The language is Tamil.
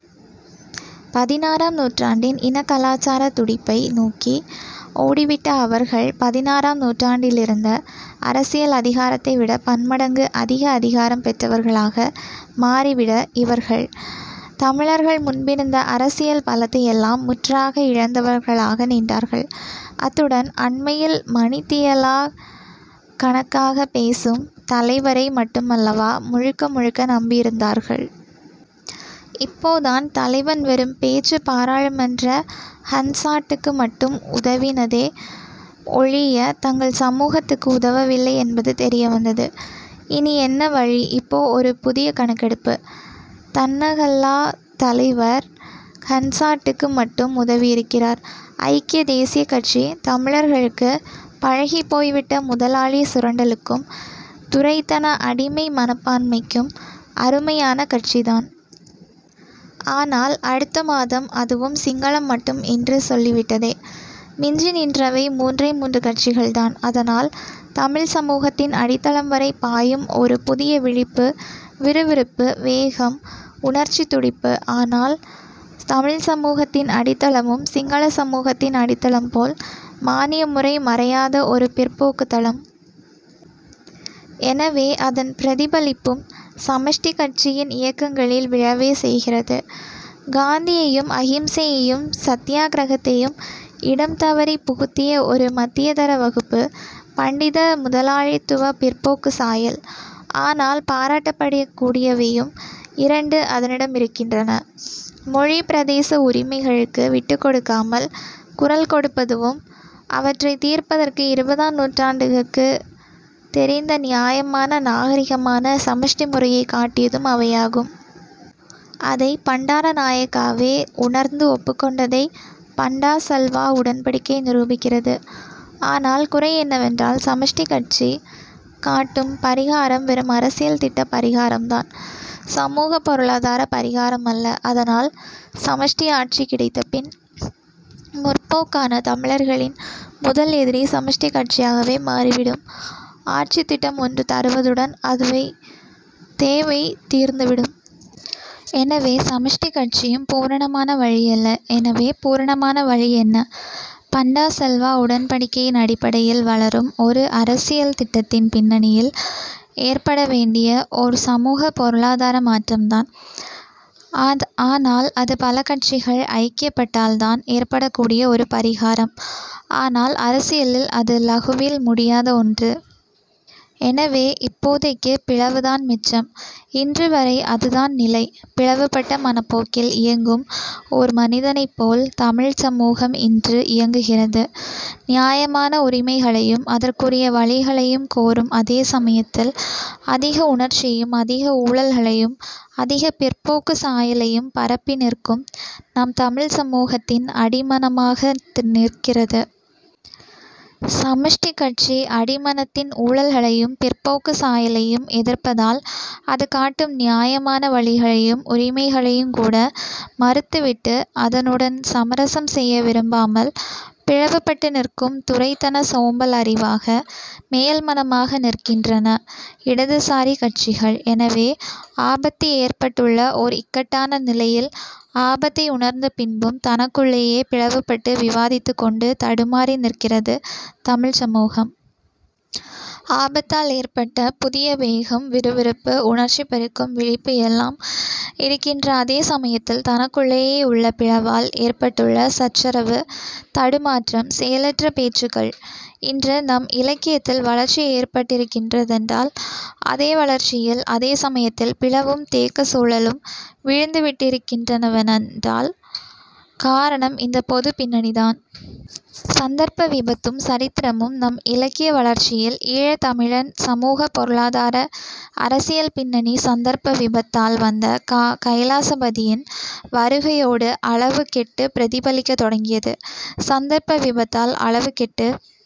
பதினாறாம் நூற்றாண்டின் இன கலாச்சாரத் துடிப்பை நோக்கி ஓடிவிட்ட அவர்கள் பதினாறாம் நூற்றாண்டிலிருந்த அரசியல் அதிகாரத்தை விட பன்மடங்கு அதிக அதிகாரம் பெற்றவர்களாக மாறிவிட இவர்கள், தமிழர்கள் முன்பிருந்த அரசியல் பலத்தையெல்லாம் முற்றாக இழந்தவர்களாக நின்றார்கள். அத்துடன் அண்மையில் மணித்தியாலக் கணக்காகப் பேசும் தலைவரை மட்டுமல்லவா முழுக்க முழுக்க நம்பியிருந்தார்கள்? இப்போதான் தலைவன் வெறும் பேச்சு பாராளுமன்ற 'ஹன்சாட்'டுக்கு மட்டும் உதவினதே ஒழிய தங்கள் சமூகத்துக்கு உதவவில்லை என்பது தெரிய வந்தது. இனி என்ன வழி இப்போ ஒரு புதிய கணக்கெடுப்பு. தன்னகல்லாத் தலைவர் ஹன்சாட்டுக்கு மட்டும் உதவியிருக்கிறார். ஐக்கிய தேசியக் கட்சி, தமிழர்களுக்குப் பழகிப்போய்விட்ட முதலாளி சுரண்டலுக்கும் துரைத்தன அடிமை மனப்பான்மைக்கும் அருமையான கட்சிதான். ஆனால், அடுத்த மாதம் அதுவும் சிங்களம் மட்டும் என்று சொல்லிவிட்டதே! மிஞ்சி நின்றவை மூன்றே மூன்று கட்சிகள்தான் அதனால் தமிழ்ச் சமூகத்தின் அடித்தளம்வரை பாயும் ஒரு புதிய விழிப்பு, விறுவிறுப்பு, வேகம், உணர்ச்சித் துடிப்பு. ஆனால், தமிழ்ச் சமூகத்தின் அடித்தளமும் சிங்களச் சமூகத்தின் அடித்தளம் போல் மானியமுறை மறையாத ஒரு பிற்போக்குத் தளம். எனவே அதன் பிரதிபலிப்பும் சமஷ்டிக் கட்சியின் இயக்கங்களில் விழவே செய்கிறது. காந்தியையும் அகிம்சையையும் சத்தியாக்கிரகத்தையும் இடம் தவறிப் புகுத்திய ஒரு மத்தியதர வகுப்பு, பண்டித முதலாளித்துவப் பிற்போக்குச் சாயல். ஆனால், பாராட்டப்படக்கூடியவையும் இரண்டு அதனிடம் இருக்கின்றன. மொழி பிரதேச உரிமைகளுக்கு விட்டுக்கொடுக்காமல் குரல் கொடுப்பதுவும் அவற்றைத் தீர்ப்பதற்கு இருபதாம் நூற்றாண்டுக்குத் தெரிந்த நியாயமான, நாகரிகமான சமஷ்டி முறையைக் காட்டியதும் அவையாகும். அதை பண்டாரநாயக்காவே உணர்ந்து ஒப்புக்கொண்டதை பண்டா-செல்வா உடன்படிக்கை நிரூபிக்கிறது. ஆனால் குறை என்னவென்றால் சமஷ்டிக் கட்சி காட்டும் பரிகாரம் வெறும் அரசியல் திட்டப் பரிகாரம்தான். சமூகப் பொருளாதாரப் பரிகாரமல்ல. அதனால் சமஷ்டி ஆட்சி கிடைத்தபின் முற்போக்கான தமிழர்களின் முதல் எதிரி சமஷ்டிக் கட்சியாகவே மாறிவிடும். ஆட்சித் திட்டம் ஒன்று தருவதுடன் அதுவே தேவை தீர்ந்துவிடும். எனவே சமஷ்டிக் கட்சியும் பூரணமான வழி அல்ல. எனவே பூரணமான வழி என்ன? பண்டா-செல்வா உடன்படிக்கையின் அடிப்படையில் வளரும் ஒரு அரசியல் திட்டத்தின் பின்னணியில் ஏற்படவேண்டிய ஓர் சமூகப் பொருளாதார மாற்றம்தான். ஆனால் அது பல கட்சிகள் ஐக்கியப்பட்டால்தான் ஏற்படக்கூடிய ஒரு பரிகாரம். ஆனால் அரசியலில் அது லகுவில் முடியாத ஒன்று. எனவே, இப்போதைக்குப் பிளவுதான் மிச்சம். இன்றுவரை அதுதான் நிலை. பிளவுபட்ட மனப்போக்கில் இயங்கும் ஓர் மனிதனைப்போல் தமிழ்ச் சமூகம் இன்று இயங்குகிறது. நியாயமான உரிமைகளையும் அதற்குரிய வழிகளையும் கோரும் அதே சமயத்தில் அதிக உணர்ச்சியையும் அதிக ஊழல்களையும் அதிகப் பிற்போக்குச் சாயலையும் பரப்பி நிற்கும் நம் தமிழ்ச் சமூகத்தின் அடிமனமாக நிற்கிறது. சமஷ்டிக் கட்சி. அடிமனத்தின் ஊழல்களையும் பிற்போக்குச் சாயலையும் எதிர்ப்பதால் அது காட்டும் நியாயமான வழிகளையும் உரிமைகளையுங் கூட மறுத்துவிட்டு அதனுடன் சமரசம் செய்ய விரும்பாமல் பிளவுபட்டு நிற்கும் துரைத்தனச் சோம்பல் அறிவாக, மேல்மனமாக நிற்கின்றன இடதுசாரிக் கட்சிகள். எனவே ஆபத்து ஏற்பட்டுள்ள ஓர் இக்கட்டான நிலையில் ஆபத்தை உணர்ந்த பின்பும் தனக்குள்ளேயே பிளவுபட்டு விவாதித்துக்கொண்டு தடுமாறி நிற்கிறது தமிழ்ச் சமூகம். ஆபத்தால் ஏற்பட்ட புதிய வேகம், விறுவிறுப்பு, உணர்ச்சிப் பெருக்கம், விழிப்பு எல்லாம் இருக்கின்ற அதே சமயத்தில் தனக்குள்ளேயே உள்ள பிளவால் ஏற்பட்டுள்ள சச்சரவு, தடுமாற்றம், செயலற்ற பேச்சுக்கள். இன்று நம் இலக்கியத்தில் வளர்ச்சி ஏற்பட்டிருக்கிறதென்றால், அதே வளர்ச்சியில் அதே சமயத்தில் பிளவும் தேக்கச் சூழலும் விழுந்துவிட்டிருக்கின்றனவென்றால் காரணம் இந்தப் பொதுப் பின்னணிதான். சந்தர்ப்ப விபத்தும் சரித்திரமும் நம் இலக்கிய வளர்ச்சியில் ஈழத் தமிழன் சமூகப் பொருளாதார அரசியல் பின்னணி சந்தர்ப்ப விபத்தால் வந்த க. கைலாசபதியின் வருகையோடு அளவு கெட்டுப் பிரதிபலிக்கத் தொடங்கியது. சந்தர்ப்ப விபத்தால் அளவு கெட்டு